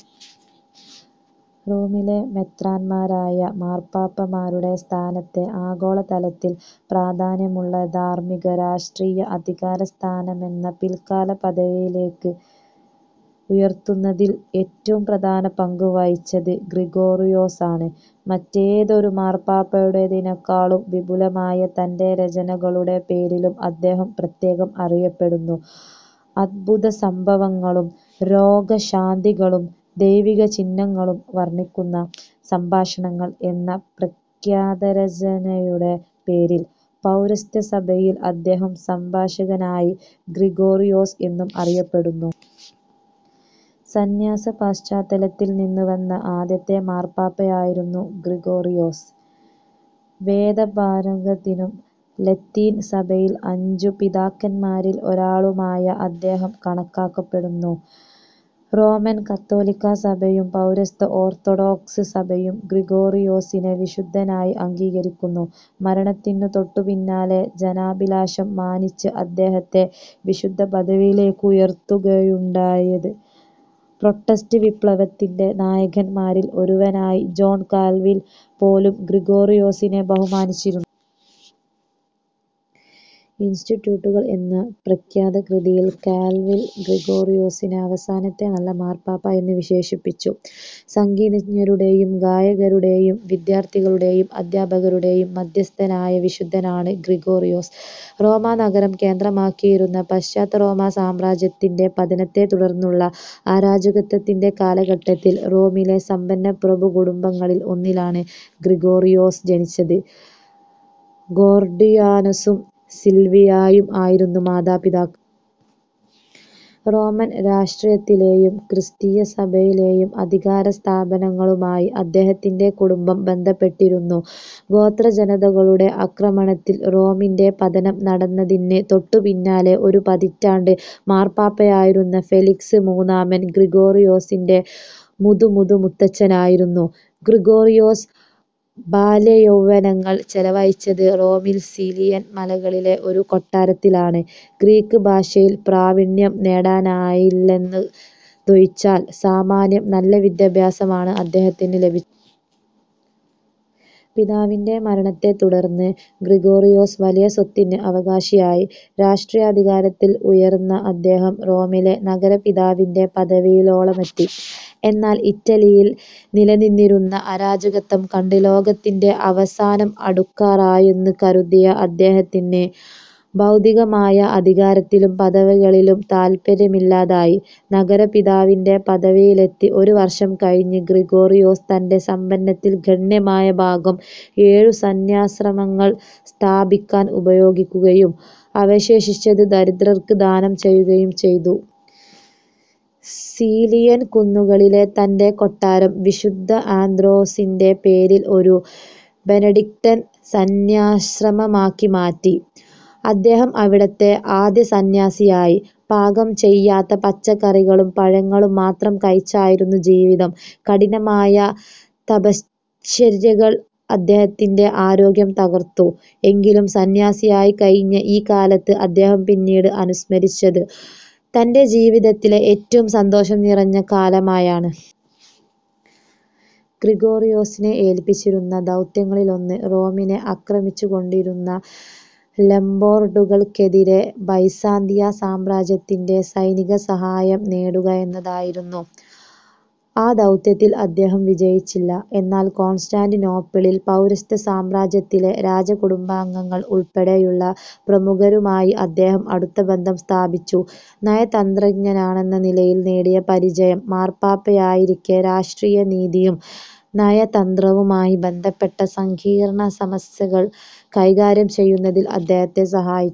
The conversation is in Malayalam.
റോമിലെ മെത്രാന്മാരായ മാർപ്പാപ്പാമാരുടെ സ്ഥാനത്തെ, ആഗോളതലത്തിൽ പ്രാധാന്യമുള്ള ധാർമ്മിക-രാഷ്ട്രീയ അധികാരസ്ഥാനമെന്ന പിൽക്കാലപദവിയിലേയ്ക്ക് ഉയർത്തുന്നതിൽ ഏറ്റവും പ്രധാന പങ്കുവഹിച്ചത് ഗ്രിഗോറിയോസാണ്. മറ്റേതൊരു മാർപ്പാപ്പായുടേതിനേക്കാളും വിപുലമായ തന്റെ രചനകളുടെ പേരിലും അദ്ദേഹം പ്രത്യേകം അറിയപ്പെടുന്നു. അത്ഭുതസംഭവങ്ങളും രോഗശാന്തികളും ദൈവികചിഹ്നങ്ങളും വർണ്ണിക്കുന്ന "സംഭാഷണങ്ങൾ" എന്ന പ്രഖ്യാതരചനയുടെ പേരിൽ, പൗരസ്ത്യസഭയിൽ അദ്ദേഹം സംഭാഷകനായ ഗ്രിഗോറിയോസ് എന്നും അറിയപ്പെടുന്നു. സന്യാസപശ്ചാത്തലത്തിൽ നിന്നു വന്ന ആദ്യത്തെ മാർപ്പാപ്പയായിരുന്നു ഗ്രിഗോറിയോസ്. വേദപാരംഗതിനും, ലത്തീൻ സഭയിൽ അഞ്ചു പിതാക്കന്മാരിൽ ഒരാളുമായി അദ്ദേഹം കണക്കാക്കപ്പെടുന്നു. റോമൻ കത്തോലിക്കാ സഭയും പൗരസ്ത്യ ഓർത്തൊഡോക്സ് സഭയും ഗ്രിഗോറിയോസിനെ വിശുദ്ധനായി അംഗീകരിക്കുന്നു. മരണത്തിനു തൊട്ടുപിന്നാലെ, ജനാഭിലാഷം മാനിച്ച് അദ്ദേഹത്തെ വിശുദ്ധപദവിയിലേയ്ക്കുയർത്തുകയാണുണ്ടായത്. പ്രൊട്ടസ്റ്റന്റ് വിപ്ലവത്തിന്റെ നായകന്മാരിൽ ഒരുവനായി ജോൺ കാൽവിൽ പോലും ഗ്രിഗോറിയോസിനെ ബഹുമാനിച്ചിരുന്നു. "ഇൻസ്റ്റിട്യൂട്ടുകൾ" എന്ന പ്രഖ്യാതകൃതിയിൽ കാൽവിൽ ഗ്രിഗോറിയോസിനെ, "അവസാനത്തെ നല്ല മാർപ്പാപ്പ" എന്നു വിശേഷിപ്പിച്ചു. സംഗീതജ്ഞന്മാരുടേയും, ഗായകരുടേയും, വിദ്യാർത്ഥികളുടേയും, അദ്ധ്യാപകരുടേയും മദ്ധ്യസ്ഥനായ വിശുദ്ധനാണ് ഗ്രിഗോറിയോസ്. റോമാ നഗരം കേന്ദ്രമാക്കിയിരുന്ന പാശ്ചാത്യറോമാസാമ്രാജ്യത്തിന്റെ പതനത്തെ തുടർന്നുള്ള അരാജകത്വത്തിന്റെ കാലഘട്ടത്തിൽ റോമിലെ സമ്പന്ന പ്രഭുകുടുംബങ്ങളിൽ ഒന്നിലാണ് ഗ്രിഗോറിയോസ് ജനിച്ചത്. ഗോർഡിയാനസും സിൽവിയായും ആയിരുന്നു മാതാപിതാ റോമൻ രാഷ്ടീയത്തിലേയും ക്രിസ്തീയസഭയിലേയും അധികാരസ്ഥാനങ്ങളുമായി അദ്ദേഹത്തിന്റെ കുടുംബം ബന്ധപ്പെട്ടിരുന്നു. ഗോത്രജനതകളുടെ ആക്രമണത്തിൽ റോമിന്റെ പതനം നടന്നതിന് തൊട്ടുപിന്നാലെ ഒരു പതിറ്റാണ്ട് മാർപ്പാപ്പയായിരുന്ന ഫെലിക്സ് മൂന്നാമൻ ഗ്രിഗോറിയോസിന്റെ മുതു-മുതു-മുത്തച്ഛനായിരുന്നു. ഗ്രിഗോറിയോസ് ബാല്യയൗവനങ്ങൾ ചെലവഴിച്ചത് റോമിൽ സീലിയൻ മലകളിലെ ഒരു കൊട്ടാരത്തിലാണ്. ഗ്രീക്ക് ഭാഷയിൽ പ്രാവീണ്യം നേടാനായില്ലെന്നതൊഴിച്ചാൽ സാമാന്യം നല്ല വിദ്യാഭ്യാസമാണ് അദ്ദേഹത്തിന് ലഭി പിതാവിന്റെ മരണത്തെ തുടർന്ന് ഗ്രിഗോറിയോസ് വലിയ സ്വത്തിന് അവകാശിയായി. രാഷ്ട്രീയാധികാരത്തിൽ ഉയർന്ന അദ്ദേഹം റോമിലെ നഗരപിതാവിന്റെ പദവിയോളമെത്തി. എന്നാൽ, ഇറ്റലിയിൽ നിലനിന്നിരുന്ന അരാജകത്വം കണ്ട് ലോകത്തിന്റെ അവസാനം അടുക്കാറായെന്നു കരുതിയ അദ്ദേഹത്തിന് ഭൗതികമായ അധികാരത്തിലും പദവികളിലും താൽപര്യമില്ലാതായി. നഗരപിതാവിന്റെ പദവിയിലെത്തി ഒരു വർഷം കഴിഞ്ഞ് ഗ്രിഗോറിയോസ് തന്റെ സമ്പത്തിൽ ഗണ്യമായ ഭാഗം ഏഴു സന്യാസാശ്രമങ്ങൾ സ്ഥാപിക്കാൻ ഉപയോഗിക്കുകയും അവശേഷിച്ചത് ദരിദ്രർക്ക് ദാനം ചെയ്യുകയും ചെയ്തു. സീലിയൻ കുന്നുകളിലെ തന്റെ കൊട്ടാരം വിശുദ്ധ ആന്ത്രോസിന്റെ പേരിൽ ഒരു ബെനഡിക്ടൻ സന്യാസാശ്രമമാക്കി മാറ്റി അദ്ദേഹം അവിടത്തെ ആദ്യസന്യാസിയായി. പാകം ചെയ്യാത്ത പച്ചക്കറികളും പഴങ്ങളും മാത്രം കഴിച്ചായിരുന്നു ജീവിതം. കഠിനമായ തപശ്ചര്യകൾ അദ്ദേഹത്തിന്റെ ആരോഗ്യം തകർത്തു. എങ്കിലും സന്യാസിയായി കഴിഞ്ഞ ഈ കാലത്തെ അദ്ദേഹം പിന്നീട് അനുസ്മരിച്ചത്, തന്റെ ജീവിതത്തിലെ ഏറ്റവും സന്തോഷം നിറഞ്ഞ കാലമായാണ്. ഗ്രിഗോറിയോസിനെ ഏല്പിച്ചിരുന്ന ദൗത്യങ്ങളിലൊന്ന് റോമിനെ ആക്രമിച്ചുകൊണ്ടിരുന്ന ലൊംബാർഡുകൾക്കെതിരെ ബൈസാന്തിയ സാമ്രാജ്യത്തിന്റെ സൈനിക സഹായം നേടുക എന്നതായിരുന്നു. ആ ദൗത്യത്തിൽ അദ്ദേഹം വിജയിച്ചില്ല. എന്നാൽ, കോൺസ്റ്റാന്റിനോപ്പിളിൽ, പൗരസ്ത്യസാമ്രാജ്യത്തിലെ രാജകുടുംബാംഗങ്ങൾ ഉൾപ്പെടെയുള്ള പ്രമുഖരുമായി അദ്ദേഹം അടുത്ത ബന്ധം സ്ഥാപിച്ചു. നയതന്ത്രജ്ഞാ ണെന്ന നിലയിൽ നേടിയ പരിചയം മാർപ്പാപ്പയായിരിക്കെ രാഷ്ട്രനീതിയും നയതന്ത്രവുമായി ബന്ധപ്പെട്ട സങ്കീർണ്ണസമസ്യകൾ കൈകാര്യം ചെയ്യുന്നതിൽ അദ്ദേഹത്തെ സഹായി